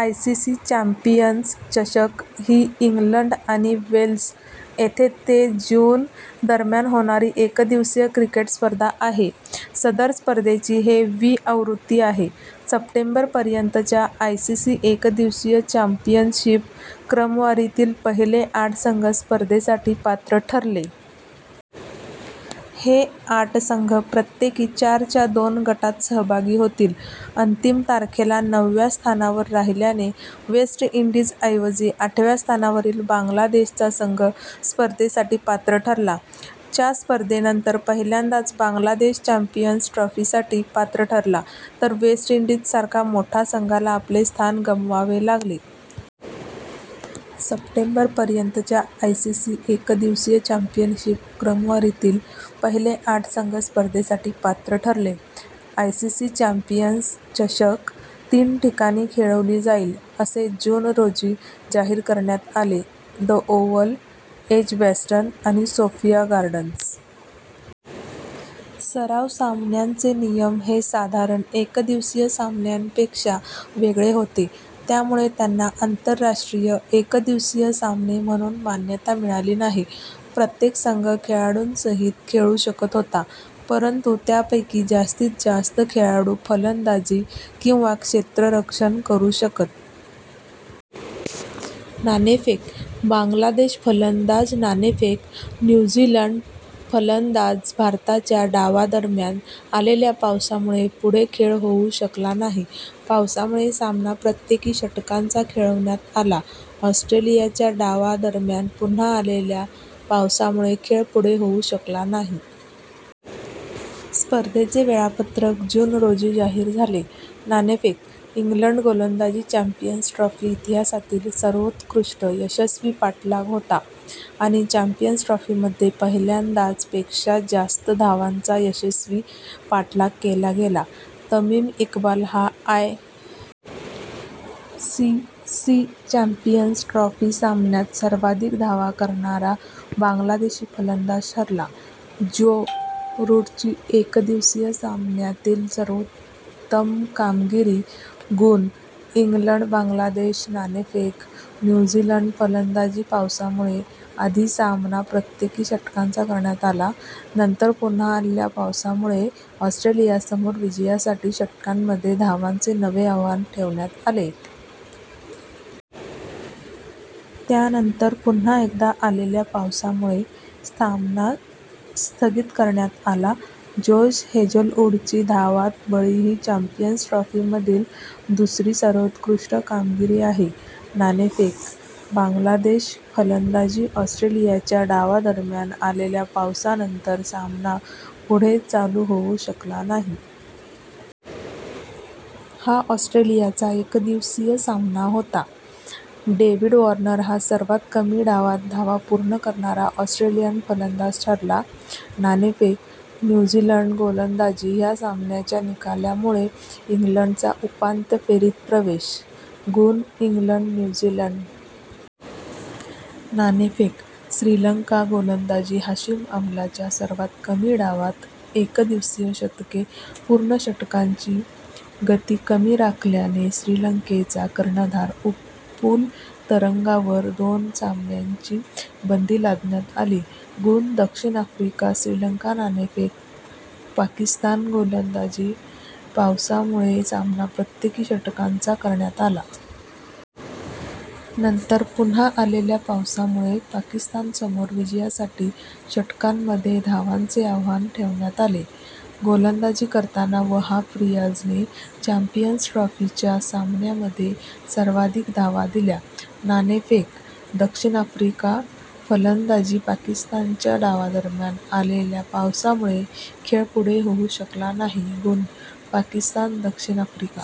ICC champions चषक ही England आणि वेल्स येथे ते जून दरम्यान होणारी एकदिवसीय क्रिकेट स्पर्धा आहे. सदर स्पर्धेची हे वी आवृत्ती आहे. सप्टेंबर पर्यंतच्या आयसीसी एकदिवसीय चॅम्पियनशिप क्रमवारीतील पहिले आठ संघ स्पर्धेसाठी पात्र ठरले. हे आठ संघ प्रत्येकी चारच्या दोन गटांत सहभागी होतील. अंतिम तारखेला नवव्या स्थानावर राहिल्याने वेस्ट इंडीज ऐवजी आठव्या स्थानावरील बांगलादेश चा संघ स्पर्धेसाठी पात्र ठरला. च्या स्पर्धेनंतर पहिल्यांदाच बांगलादेश चॅम्पियन्स ट्रॉफीसाठी पात्र ठरला, तर वेस्ट इंडीज सारखा मोठा संघाला आपले स्थान गमवावे लागले. सप्टेंबर पर्यंतच्या आयसीसी एकदिवसीय चॅम्पियनशीप क्रमवारीतील पहिले आठ संघ स्पर्धेसाठी पात्र ठरले: आयसीसी चॅम्पियन्स चषक तीन ठिकाणी खेळवली जाईल असे जून रोजी जाहीर करण्यात आले.: द ओव्हल, एजबॅस्टन आणि सोफिया गार्डन्स. सराव सामन्यांचे नियम हे साधारण एकदिवसीय सामन्यांपेक्षा वेगळे होते, त्यामुळे त्यांना आंतरराष्ट्रीय एकदिवसीय सामने म्हणून मान्यता मिळाली नाही. प्रत्येक संघ खेळाडूंसहीत खेळू शकत होता, परंतु त्यापैकी जास्तीत जास्त खेळाडू फलंदाजी किंवा क्षेत्ररक्षण करु शकत. नाणेफेक: बांगलादेश, फलंदाज नाणेफेक: न्यू झीलंड, फलंदाज भारताच्या डावादरम्यान आलेल्या पावसामुळे पुढे खेळ होऊ शकला नाही. पाऊसामुळे सामना प्रत्येकी षटकांचा खेळवण्यात आला. ऑस्ट्रेलियाच्या डावा दरम्यान पुन्हा आलेल्या पावसामुळे खेळ पुढे होऊ शकला नाही. स्पर्धेचे वेळापत्रक जून रोजी जाहीर झाले. नाणेफेक: इंग्लंड, गोलंदाजी चॅम्पियन्स ट्रॉफी इतिहासातील सर्वोत्कृष्ट यशस्वी पाठलाग होता आणि चॅम्पियन्स ट्रॉफी मध्ये पहिल्यांदाच पेक्षा जास्त धावांचा यशस्वी पाठलाग केला गेला. तमिम इक्बाल हा I. C. C. Champions trophy सामन्यात सर्वाधिक धावा करणारा बांगलादेशी फलंदाज ठरला. ज्यो रूटची एकदिवसीय सामन्यातील सर्वोत्तम कामगिरी. गुण: इंग्लंड, बांगलादेश. नाणेफेक: न्यू झीलंड, फलंदाजी पावसामुळे आधी सामना प्रत्येकी षटकांचा करण्यात आला, नंतर पुन्हा आलेल्या पावसामुळे ऑस्ट्रेलियासमोर विजयासाठी षटकांमध्ये धावांचे नवे आव्हान ठेवण्यात आले. त्यानंतर पुन्हा एकदा आलेल्या पावसामुळे सामना स्थगित करण्यात आला. जोश हेजलवूडची धावांत बळी ही चॅम्पियन्स ट्रॉफीमधील दुसरी सर्वोत्कृष्ट कामगिरी आहे. नाणेफेक: बांगलादेश, फलंदाजी ऑस्ट्रेलियाच्या डावादरम्यान आलेल्या पावसानंतर सामना पुढे चालू होवू शकला नाही. हा ऑस्ट्रेलियाचा एकदिवसीय सामना होता. डेव्हिड वॉर्नर हा सर्वात कमी डावांत धावा पूर्ण करणारा ऑस्ट्रेलियन फलंदाज ठरला. नाणेफेक: न्यू झीलंड, गोलंदाजी ह्या सामन्याच्या निकालामुळे इंग्लंडचा उपांत्य फेरीत प्रवेश. गुण: इंग्लंड, न्यू झीलंड. नाणेफेक: श्रीलंका, गोलंदाजी हाशिम आमलाच्या सर्वात कमी डावांत एकदिवसीय शतके पूर्ण षटकांची गती कमी राखल्याने श्रीलंकेचा कर्णधार उपुल तरंगावर दोन सामन्यांची बंदी लादण्यात आली. गुण: दक्षिण आफ्रिका, श्रीलंका नाणेफेक: पाकिस्तान, गोलंदाजी पावसामुळे सामना प्रत्येकी षटकांचा करण्यात आला. नंतर पुन्हा आलेल्या पावसामुळे पाकिस्तानसमोर विजयासाठी षटकांमध्ये धावांचे आव्हान ठेवण्यात आले. गोलंदाजी करताना वहाब रियाझने चॅम्पियन्स ट्रॉफीच्या सामन्यामध्ये सर्वाधिक धावा दिल्या. नाणेफेक: दक्षिण आफ्रिका, फलंदाजी पाकिस्तानच्या डावादरम्यान आलेल्या पावसामुळे खेळ पुढे होऊ शकला नाही गुणः पाकिस्तान, दक्षिण आफ्रिका.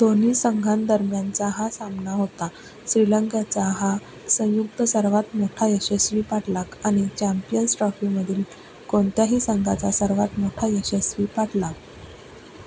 दोन्ही संघांदरम्यानचा हा सामना होता. श्रीलंकेचा हा संयुक्त सर्वात मोठा यशस्वी पाठलाग आणि चॅम्पियन्स ट्रॉफीमधील कोणत्याही संघाचा सर्वात मोठा यशस्वी पाठलाग.।